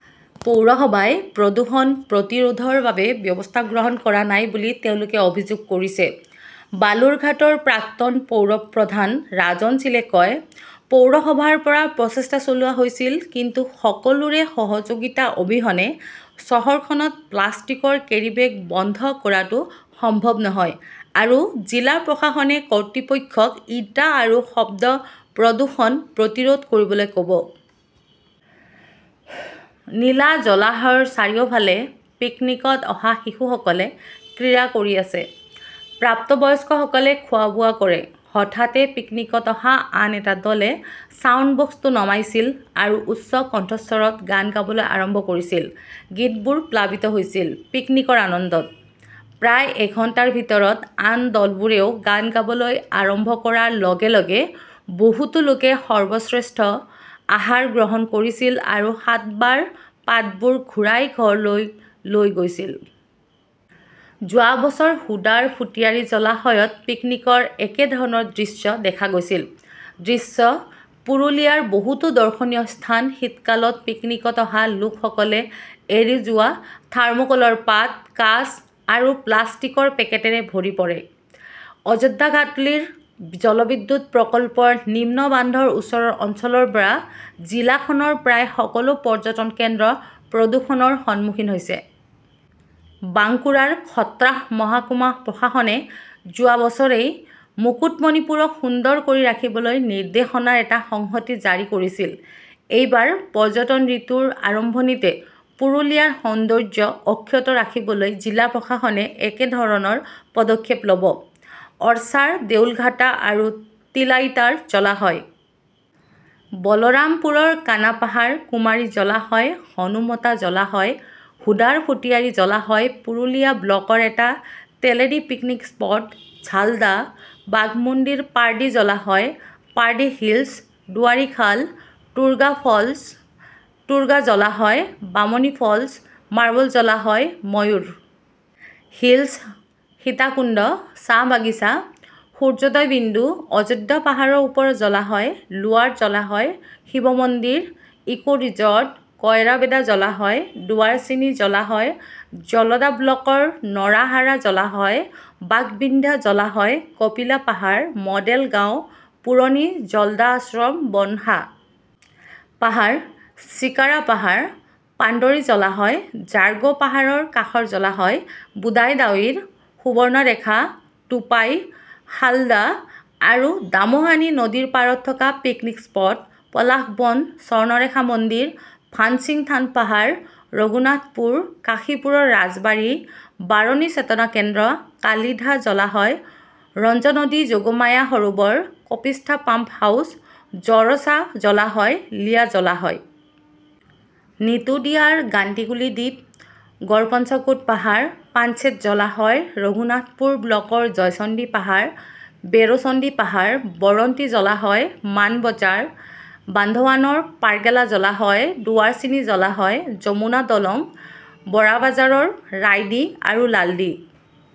পৌৰসভাই প্ৰদূষণ প্ৰতিৰোধৰ বাবে ব্যৱস্থা গ্ৰহণ কৰা নাই বুলি তেওঁলোকে অভিযোগ কৰিছে। বালুৰঘাটৰ প্ৰাক্তন পৌৰ প্ৰধান ৰাজন শ্বিলে কয়, "পৌৰসভাৰ পৰা প্ৰচেষ্টা চলোৱা হৈছিল, কিন্তু সকলোৰে সহযোগিতা অবিহনে চহৰখনত প্লাষ্টিকৰ কেৰিবেগ বন্ধ কৰাটো সম্ভৱ নহয় আৰু জিলা প্ৰশাসনে কৰ্তৃপক্ষক ইটা আৰু শব্দ প্ৰদূষণ প্ৰতিৰোধ কৰিবলৈ ক'ব"। নীলা জলাশয়ৰ চাৰিওফালে পিকনীকত অহা শিশুসকলে ক্ৰীড়া কৰি আছে। প্ৰাপ্তবয়স্কসকলে খোৱা-বোৱা কৰে। হঠাতে পিকনীকত অহা আন এটা দলে ছাউণ্ডবক্সটো নমাইছিল আৰু উচ্চ কণ্ঠস্বৰত গান গাবলৈ আৰম্ভ কৰিছিল। গীতবোৰ প্লাবিত হৈছিল, পিকনিকৰ আনন্দত। প্ৰায় এঘণ্টাৰ ভিতৰতে আন দলবোৰেও গান গাবলৈ আৰম্ভ কৰাৰ লগে লগে, বহুতো লোকে সৰ্বশ্ৰেষ্ঠ আহাৰ গ্ৰহণ কৰিছিল আৰু সাতবাৰ পাতবোৰ ঘূৰাই ঘৰলৈ লৈ গৈছিল। যোৱা বছৰ হুডাৰ ফুটিয়াৰী জলাশয়ত পিকনীকৰ একেধৰণৰ দৃশ্য দেখা গৈছিল। দৃশ্য -পুৰুলিয়াৰ বহুতো দৰ্শনীয় স্থান শীতকালত পিকনীকত অহা লোকসকলে এৰি যোৱা থাৰ্মোকলৰ পাত, কাঁচ আৰু প্লাষ্টিকৰ পেকেটেৰে ভৰি পৰে। অযোধ্যাঘাটলীৰ জলবিদ্যুৎ প্ৰকল্পৰ নিম্ন বান্ধৰ ওচৰৰ অঞ্চলৰ পৰা জিলাখনৰ প্ৰায় সকলো পৰ্যটন কেন্দ্ৰ প্ৰদূষণৰ সন্মুখীন হৈছে। বাঙ্কুৰাৰ খত্ৰা মহকুমা প্ৰশাসনে যোৱা বছৰেই মুকুটমণিপুৰক সুন্দৰ কৰি ৰাখিবলৈ নিৰ্দেশনাৰ এটা সংহতি জাৰি কৰিছিল। এইবাৰ পৰ্যটন ঋতুৰ আৰম্ভণিতে পুৰুলিয়াৰ সৌন্দৰ্য অক্ষত ৰাখিবলৈ জিলা প্ৰশাসনে একেধৰণৰ পদক্ষেপ ল'ব। অৰছাৰ দেউলঘাটা আৰু তিলাইতাৰ জলাশয়, বলৰামপুৰৰ কানা পাহাৰ, কুমাৰী জলাশয়, হনুমতা জলাশয়, হুডাৰ ফুটিয়াৰী জলাশয়, পুৰুলিয়া ব্লকৰ এটা তেলেডি পিকনিক স্পট, ঝালদা, বাগমুণ্ডীৰ পাৰ্ডি জলাশয়, পাৰ্ডি হিলছ, ডুৱাৰী খাল, টুৰ্গা ফলছ, টুৰ্গা জলাশয়, বামনী ফলছ, মাৰ্বল জলাশয়, ময়ূৰ হিলছ, সীতাকুণ্ড, চাহ বাগিচা, সূৰ্যোদয় বিন্দু, অযোধ্যা পাহাৰৰ ওপৰৰ জলাশয়, লোৱাৰ জলাশয়, শিৱ মন্দিৰ, ইকো-ৰিজৰ্ট, কয়ৰাবেদা জলাশয়, ডুৱাৰচিনি জলাশয়, জলদা ব্লকৰ নৰাহাৰা জলাশয়, বাগবিন্ধ্যা জলাশয়, কপিলা পাহাৰ, মডেল গাঁও, পুৰণি জলদা আশ্ৰম, বনসা পাহাৰ, চিকাৰা পাহাৰ, পাণ্ডৰী জলাশয়, জাৰগো পাহাৰৰ কাষৰ জলাশয়, বুদাই দাৱিৰ, সুবৰ্ণৰেখা, টুপাই, শালদা আৰু দামোহানী নদীৰ পাৰত থকা পিকনিক স্পট, পলাশবন, স্বৰ্ণৰেখা মন্দিৰ, ভানসিং থান পাহাৰ, ৰঘুনাথপুৰ, কাশীপুৰৰ ৰাজবাৰী, বাৰণী চেতনা কেন্দ্ৰ, কালিধা জলাশয়, ৰঞ্জনদী যোগমায়া সৰোবৰ, কপিষ্টা পাম্প হাউচ, জৰছা জলাশয়, লিয়া জলাশয়। নিতুডিয়াৰ গান্টিকুলি দ্বীপ, গড়পঞ্চকোট পাহাৰ, পাঞ্চেত জলাশয়, ৰঘুনাথপুৰ ব্লকৰ জয়চণ্ডী পাহাৰ, বেৰো চণ্ডী পাহাৰ, বৰন্তী জলাশয়, মান বজাৰ, বান্ধৱানৰ পাৰ্গেলা জলাশয়, ডুৱাৰচিনি জলাশয়, যমুনা দলং, বৰাবাজৰৰ ৰাইডি আৰু লালডি।